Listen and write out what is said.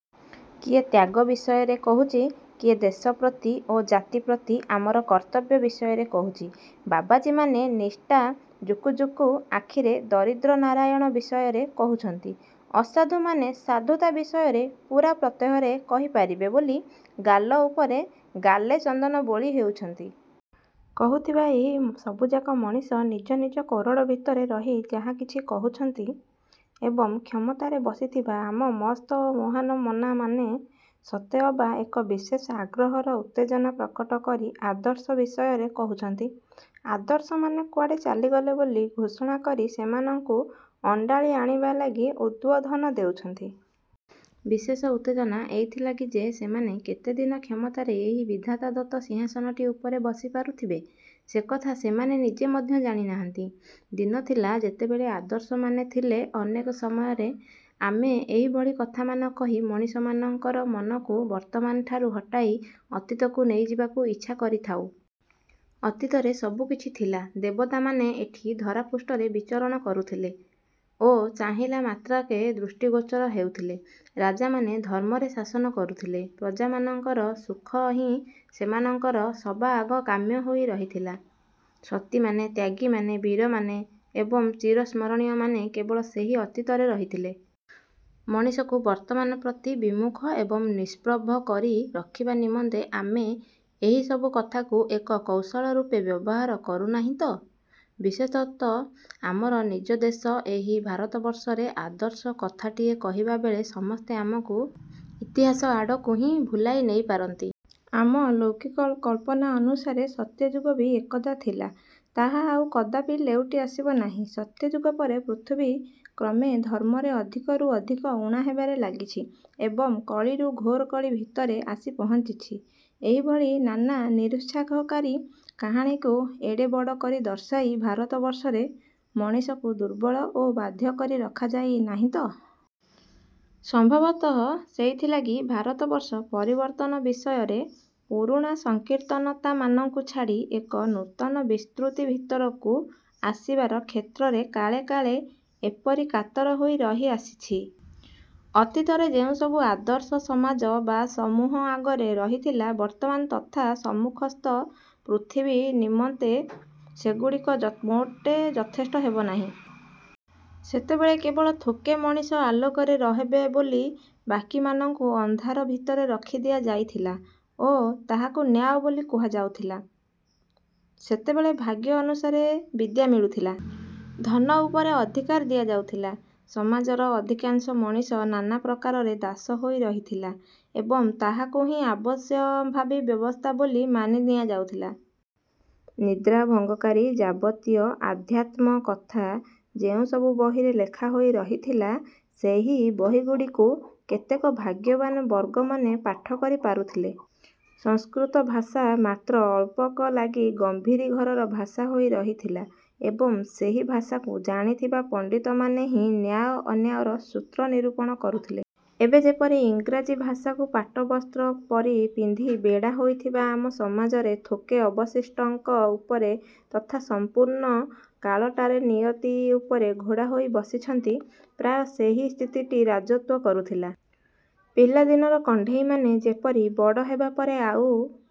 କିଏ ତ୍ୟାଗ ବିଷୟରେ କହୁଛି, କିଏ ଦେଶ ପ୍ରତି ଓ ଜାତି ପ୍ରତି ଆମର କର୍ତ୍ତବ୍ୟ ବିଷୟରେ କହୁଛି। ବାବାଜୀମାନେ ନିଷ୍ଠା ଜୁକୁଜୁକୁ ଆଖିରେ ଦରିଦ୍ରନାରାୟଣ ବିଷୟରେ କହୁଛନ୍ତି। ଅସାଧୁମାନେ ସାଧୁତା ବିଷୟରେ ପୂରା ପ୍ରତ୍ୟୟରେ କହିପାରିବେ ବୋଲି ଗାଲ ଉପରେ ଗାଲେ ଚନ୍ଦନ ବୋଳି ହୋଇଛନ୍ତି। କହୁଥିବା ଏହି ସବୁଯାକ ମଣିଷ ନିଜ ନିଜ କୋରଡ଼ ଭିତରେ ରହି ଯାହା କିଛି କହୁଛନ୍ତି। ଏବଂ କ୍ଷମତାରେ ବସିଥିବା ଆମ ମସ୍ତ ଓ ମହାମନାମାନେ ସତେ ଅବା ଏକ ବିଶେଷ ଆଗ୍ରହର ଉତ୍ତେଜନା ପ୍ରକଟ କରି ଆଦର୍ଶ ବିଷୟରେ କହୁଛନ୍ତି। ଆଦର୍ଶମାନେ କୁଆଡ଼େ ଚାଲିଗଲେ ବୋଲି ଘୋଷଣା କରି ସେମାନଙ୍କୁ ଅଣ୍ଡାଳି ଆଣିବା ଲାଗି ଉଦବୋଧନ ଦେଉଛନ୍ତି। ବିଶେଷ ଉତ୍ତେଜନା ଏଇଥିଲାଗି ଯେ ସେମାନେ କେତେଦିନ କ୍ଷମତାରେ ଏହି ବିଧାତାଦତ୍ତ ସିଂହାସନଟି ଉପରେ ବସି ପାରୁଥିବେ, ସେକଥା ସେମାନେ ନିଜେ ମଧ୍ୟ ଜାଣିନାହାନ୍ତି। ଦିନ ଥିଲା, ଯେତେବେଳେ ଆଦର୍ଶମାନେ ଥିଲେ ଅନେକ ସମୟରେ ଆମେ ଏହିଭଳି କଥାମାନ କହି ମଣିଷମାନଙ୍କର ମନକୁ ବର୍ତ୍ତମାନଠାରୁ ହଟାଇ ଅତୀତକୁ ନେଇଯିବାକୁ ଇଚ୍ଛା କରିଥାଉ। ଅତୀତରେ ସବୁକିଛି ଥିଲା ଦେବତାମାନେ ଏଠି ଧରାପୃଷ୍ଠରେ ବିଚରଣ କରୁଥିଲେ ଓ ଚାହିଁଲା ମାତ୍ରକେ ଦୃଷ୍ଟିଗୋଚର ହେଉଥିଲେ। ରାଜାମାନେ ଧର୍ମରେ ଶାସନ କରୁଥିଲେ, ପ୍ରଜାମାନଙ୍କର ସୁଖ ହିଁ ସେମାନଙ୍କର ସବାଆଗ କାମ୍ୟ ହୋଇ ରହିଥିଲା। ସତୀମାନେ, ତ୍ୟାଗୀମାନେ, ବୀରମାନେ ଏବଂ ଚିରସ୍ମରଣୀୟମାନେ କେବଳ ସେହି ଅତୀତରେ ରହିଥିଲେ। ମଣିଷକୁ ବର୍ତ୍ତମାନ ପ୍ରତି ବିମୁଖ ଏବଂ ନିଷ୍ପ୍ରଭ କରି ରଖିବା ନିମନ୍ତେ ଆମେ ଏହିସବୁ କଥାକୁ ଏକ କୌଶଳ ରୂପେ ବ୍ୟବହାର କରୁନାହିଁ ତ? ବିଶେଷତଃ ଆମର ନିଜ ଦେଶ ଏହି ଭାରତବର୍ଷରେ ଆଦର୍ଶ କଥାଟିଏ କହିବାବେଳେ ସମସ୍ତେ ଆମକୁ ଇତିହାସ ଆଡ଼କୁ ହିଁ ଭୁଲାଇ ନେଇପାରନ୍ତି। ଆମ ଲୌକିକ କଳ୍ପନା ଅନୁସାରେ ସତ୍ୟଯୁଗ ବି ଏକଦା ଥିଲା, ତାହା ଆଉ କଦାପି ଲେଉଟି ଆସିବ ନାହିଁ। ସତ୍ୟଯୁଗ ପରେ ପୃଥିବୀ କ୍ରମେ ଧର୍ମରେ ଅଧିକରୁ ଅଧିକ ଊଣା ହେବାରେ ଲାଗିଛି ଏବଂ କଳିରୁ ଘୋର କଳି ଭିତରେ ଆସି ପହଞ୍ଚିଛି। ଏହିଭଳି ନାନା ନିରୁତ୍ସାହକାରୀ କାହାଣୀକୁ ଏଡ଼େ ବଡ଼ କରି ଦର୍ଶାଇ ଭାରତବର୍ଷରେ ମଣିଷକୁ ଦୁର୍ବଳ ଓ ବାଧ୍ୟ କରି ରଖାଯାଇ ନାହିଁ ତ? ସମ୍ଭବତଃ ସେଇଥିଲାଗି ଭାରତବର୍ଷ ପରିବର୍ତ୍ତନ ବିଷୟରେ ପୁରୁଣା ସଂକୀର୍ଣ୍ଣତାମାନଙ୍କୁ ଛାଡ଼ି ଏକ ନୂତନ ବିସ୍ତୃତି ଭିତରକୁ ଆସିବାର କ୍ଷେତ୍ରରେ କାଳେ କାଳେ ଏପରି କାତର ହୋଇ ରହି ଆସିଛି। ଅତୀତରେ ଯେଉଁସବୁ ଆଦର୍ଶ ସମାଜ ବା ସମୂହ ଆଗରେ ରହିଥିଲା ବର୍ତ୍ତମାନ ତଥା ସମ୍ମୁଖସ୍ଥ ପୃଥିବୀ ନିମନ୍ତେ ସେଗୁଡ଼ିକ ମୋଟେ ଯଥେଷ୍ଟ ହେବନାହିଁ। ସେତେବେଳେ କେବଳ ଥୋକେ ମଣିଷ ଆଲୋକରେ ରହବେ ବୋଲି ବାକିମାନଙ୍କୁ ଅନ୍ଧାର ଭିତରେ ରଖିଦିଆ ଯାଇଥିଲା ଓ ତାହାକୁ ନ୍ୟାୟ ବୋଲି କୁହାଯାଉଥିଲା। ସେତେବେଳେ ଭାଗ୍ୟ ଅନୁସାରେ ବିଦ୍ୟା ମିଳୁଥିଲା, ଧନ ଉପରେ ଅଧିକାର ଦିଆଯାଉଥିଲା। ସମାଜର ଅଧିକାଂଶ ମଣିଷ ନାନାପ୍ରକାରେ ଦାସ ହୋଇ ରହିଥିଲେ ଏବଂ ତାହାକୁ ହିଁ ଅବଶ୍ୟମ୍ଭାବୀ ବ୍ୟବସ୍ଥା ବୋଲି ମାନି ନିଆଯାଉଥିଲା। ନିଦ୍ରାଭଙ୍ଗକାରୀ ଯାବତୀୟ ଆଧ୍ୟାତ୍ମକଥା ଯେଉଁସବୁ ବହିରେ ଲେଖା ହୋଇ ରହିଥିଲା ସେହି ବହିଗୁଡ଼ିକୁ କେତେକ ଭାଗ୍ୟବାନ ବର୍ଗମାନେ ପାଠକରି ପାରୁଥିଲେ। ସଂସ୍କୃତ ଭାଷା ମାତ୍ର ଅଳପଙ୍କ ଲାଗି ଗମ୍ଭୀରି ଘରର ଭାଷା ହୋଇ ରହିଥିଲା ଏବଂ ସେହି ଭାଷାକୁ ଜାଣିଥିବା ପଣ୍ଡିତମାନେ ହିଁ ନ୍ୟାୟ ଅନ୍ୟାୟର ସୂତ୍ର ନିରୂପଣ କରୁଥିଲେ। ଏବେ ଯେପରି ଇଂରାଜୀ ଭାଷାକୁ ପାଟବସ୍ତ୍ର ପରି ପିନ୍ଧି ବେଢ଼ା ହୋଇଥିବା ଆମ ସମାଜରେ ଥୋକେ ଅବଶିଷ୍ଟଙ୍କ ଉପରେ ତଥା ସମ୍ପୂର୍ଣ୍ଣ କାଳଟାର ନିୟତି ଉପରେ ଘୋଡ଼ା ହୋଇ ବସିଛନ୍ତି, ପ୍ରାୟ ସେହି ସ୍ଥିତିଟି ରାଜତ୍ୱ କରୁଥିଲା। ପିଲାଦିନର କଣ୍ଢେଇମାନେ ଯେପରି ବଡ଼ ହେବାପରେ ଆଉ